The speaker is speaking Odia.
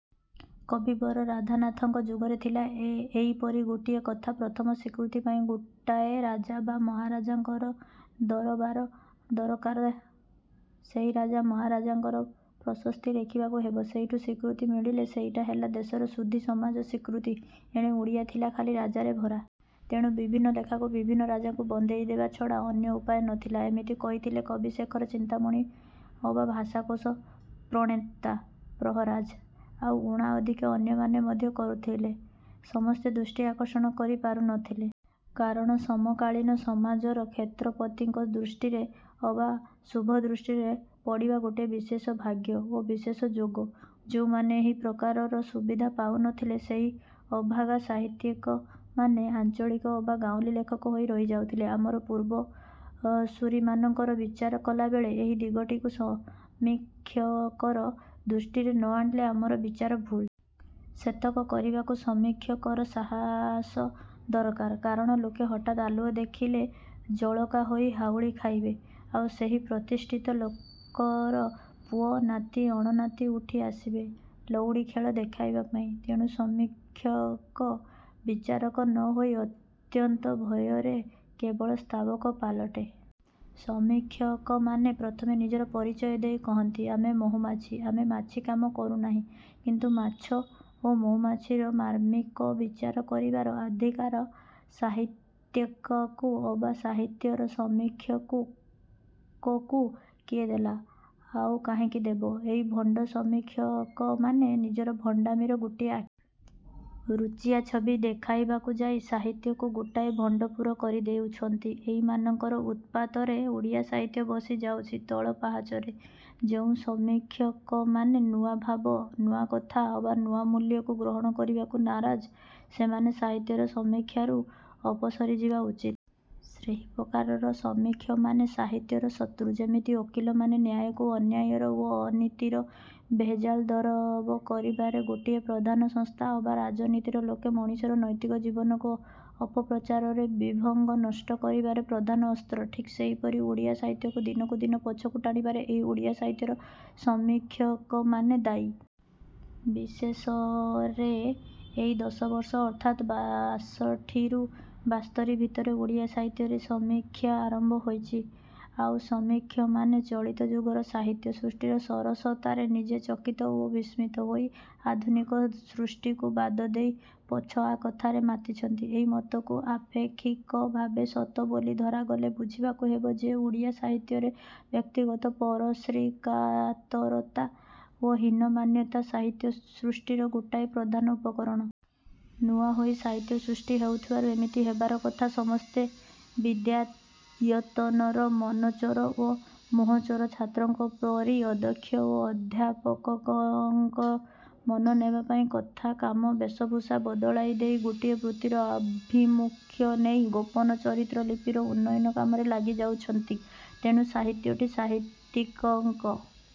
କବିବର ରାଧାନାଥଙ୍କ ଯୁଗରେ ଥିଲା ଏଇପରି ଗୋଟିଏ କଥା ପ୍ରଥମ ସ୍ୱୀକୃତି ପାଇଁ ଗୋଟାଏ ରାଜା ବା ମହାରାଜାଙ୍କର ଦରବାର ଦରକାର। ସେଇ ରାଜା ମହାରାଜାଙ୍କର ପ୍ରଶସ୍ତି ଲେଖିବାକୁ ହେବ। ସେଇଠୁ ସ୍ୱୀକୃତି ମିଳିଲେ ସେଇଟା ହେଲା ଦେଶର ସୁଧୀ ସମାଜର ସ୍ୱୀକୃତି। ଏଣେ ଓଡ଼ିଶା ଥିଲା ଖାଲି ରାଜାରେ ଭରା। ତେଣୁ ବିଭିନ୍ନ ଲେଖାକୁ ବିଭିନ୍ନ ରାଜାଙ୍କୁ ବନ୍ଦେଇ ଦେବା ଛଡ଼ା ଅନ୍ୟ ଉପାୟ ନ ଥିଲା। ଏମିତି କରିଥିଲେ କବିଶେଖର ଚିନ୍ତାମଣି ଅବା ଭାଷାକୋଷ ପ୍ରଣେତା ପ୍ରହରାଜ। ଆଉ ଉଣା ଅଧିକେ ଅନ୍ୟମାନେ ମଧ୍ୟ କରୁଥିଲେ। ସମସ୍ତେ ଦୃଷ୍ଟି ଆକର୍ଷଣ କରି ପାରୁ ନ ଥିଲେ। କାରଣ ସମକାଳୀନ ସମାଜର କ୍ଷେତ୍ରପତିଙ୍କ ଦୃଷ୍ଟିରେ ଅବା ଶୁଭଦୃଷ୍ଟିରେ ପଡ଼ିବା ଗୋଟାଏ ବିଶେଷ ଭାଗ୍ୟ ଓ ବିଶେଷ ଯୋଗ। ଯେଉଁମାନେ ଏହି ପ୍ରକାରର ସୁବିଧା ପାଉ ନଥିଲେ ସେହି ଅଭାଗା ସାହିତ୍ୟିକମାନେ ଆଞ୍ଚଳିକ ଅବା ଗାଉଁଲୀ ଲେଖକ ହୋଇ ରହିଯାଉଥିଲେ। ଆମର ପୂର୍ବଶୁରୀମାନଙ୍କର ବିଚାର କଲାବେଳେ ଏହି ଦିଗଟିକୁ ସମୀକ୍ଷକର ଦୃଷ୍ଟିରେ ନ ଆଣିଲେ ଆମର ବିଚାର ଭୁଲ୍। ସେତକ କରିବାକୁ ସମୀକ୍ଷକର ସାହସ ଦରକାର। କାରଣ ଲୋକେ ହଠାତ୍ ଆଲୁଅ ଦେଖିଲେ ଜଳକା ହେଇ ହାଉଳି ଖାଇବେ। ଆଉ ସେହି ପ୍ରତିଷ୍ଠିତ ଲୋକର ପୁଅ, ନାତି, ଅଣନାତି ଉଠି ଆସିବେ ଲଉଡ଼ି ଖେଳ ଦେଖାଇବା ପାଇଁ। ତେଣୁ ସମୀକ୍ଷକ ବିଚାରକ ନ ହୋଇ ଅତ୍ୟନ୍ତ ଭୟରେ କେବଳ ସ୍ତାବକ ପାଲଟେ। ସମୀକ୍ଷକମାନେ ପ୍ରଥମେ ନିଜର ପରିଚୟ ଦେଇ କହନ୍ତି-ଆମେ ମହୁମାଛି। ଆମେ ମାଛିକାମ କରୁନାହିଁ। କିନ୍ତୁ ମାଛ ଓ ମହୁମାଛିର ମାର୍ମ୍ମିକ ବିଚାର କରିବାର ଅଧିକାର ସାହିତ୍ୟିକକୁ ଅବା ସାହିତ୍ୟର ସମୀକ୍ଷକକୁ କିଏ ଦେଲା? -ଆଉ କାହିଁକି ଦେବ? ଏଇ ଭଣ୍ଡ ସମୀକ୍ଷକମାନେ ନିଜର ଭଣ୍ଡାମିର ଗୋଟିଏ ଆଖି। ରୁଚିଆ ଛବି ଦେଖାଇବାକୁ ଯାଇ ସାହିତ୍ୟକୁ ଗୋଟାଏ ଭଣ୍ଡପୁର କରି ଦେଉଛନ୍ତି। ଏଇମାନଙ୍କର ଉତ୍ପାତରେ ଓଡ଼ିଆ ସାହିତ୍ୟ ବସି ଯାଉଛି ତଳ ପାହାଚରେ। ଯେଉଁ ସମୀକ୍ଷକମାନେ ନୂଆ ଭାବ, ନୂଆ କଥା ଅବା ନୂଆ ମୂଲ୍ୟକୁ ଗ୍ରହଣ କରିବାକୁ ନାରାଜ ସେମାନେ ସାହିତ୍ୟର ସମୀକ୍ଷାରୁ ଅପସରି ଯିବା ଉଚିତ୍। ସେହି ପ୍ରକାରର ସମୀକ୍ଷକମାନେ ସାହିତ୍ୟର ଶତ୍ରୁ। ଯେମିତି ଓକିଲମାନେ ନ୍ୟାୟକୁ ଅନ୍ୟାୟର ଓ ଅନୀତିର ଭେଜାଲ ଦରବ କରିବାରେ ଗୋଟିଏ ପ୍ରଧାନ ସଂସ୍ଥା ଅବା ରାଜନୀତିର ଲୋକେ ମଣିଷର ନୈତିକ ଜୀବନକୁ ଅପପ୍ରଚାରରେ ବିଭଙ୍ଗ ନଷ୍ଟ କରିବାରେ ପ୍ରଧାନ ଅସ୍ତ୍ର-ଠିକ୍ ସେହିପରି ଓଡ଼ିଆ ସାହିତ୍ୟକୁ ଦିନକୁ ଦିନ ପଛକୁ ଟାଣିବାରେ ଏଇ ଓଡ଼ିଆ ସାହିତ୍ୟର ସମୀକ୍ଷକମାନେ ଦାୟୀ। ବିଶେଷରେ ଏଇ ଦଶବର୍ଷ ଅର୍ଥାତ୍ ବାଷଠୀରୁ-ବାସ୍ତରୀ ଭିତରେ ଓଡ଼ିଆ ସାହିତ୍ୟରେ ସମୀକ୍ଷା ଆରମ୍ଭ ହୋଇଛି। ଆଉ ସମୀକ୍ଷକମାନେ ଚଳିତ ଯୁଗର ସାହିତ୍ୟ ସୃଷ୍ଟିର ସରସତାରେ ନିଜେ ଚକିତ ଓ ବିସ୍ମିତ ହୋଇ ଆଧୁନିକ ସୃଷ୍ଟିକୁ ବାଦ ଦେଇ ପଛଆ କଥାରେ ମାତିଛନ୍ତି। ଏଇ ମତକୁ ଆପେକ୍ଷିକ ଭାବରେ ସତ ବୋଲି ଧରାଗଲେ ବୁଝିବାକୁ ହେବ ଯେ ଓଡ଼ିଆ ସାହିତ୍ୟରେ ବ୍ୟକ୍ତିଗତ ପରଶ୍ରୀକାତରତା ଓ ହୀନମନ୍ୟତା ସାହିତ୍ୟ ସୃଷ୍ଟିର ଗୋଟାଏ ପ୍ରଧାନ ଉପକରଣ। ନୂଆ ହୋଇ ସାହିତ୍ୟ ସୃଷ୍ଟି ହେଉଥିବାରୁ ଏମିତି ହେବାର କଥା। ସମସ୍ତେ ବିଦ୍ୟାୟତନର ମନଚୋର ଓ ମୁହଁଚୋର ଛାତ୍ରଙ୍କ ପରି ଅଧ୍ୟକ୍ଷ ଓ ଅଧ୍ୟାପକଙ୍କର ମନ ନେବା ପାଇଁ କଥା, କାମ, ବେଶଭୁଷା ବଦଳାଇ ଦେଇ ଗୋଟିଏ ବୃତ୍ତିର ଆଭିମୁଖ୍ୟ ନେଇ ଗୋପନ ଚରିତ୍ର ଲିପିର ଉନ୍ନୟନ କାମରେ ଲାଗି ଯାଉଛନ୍ତି। ତେଣୁ ସାହିତ୍ୟଟି ସାହିତ୍ୟିକଙ୍କ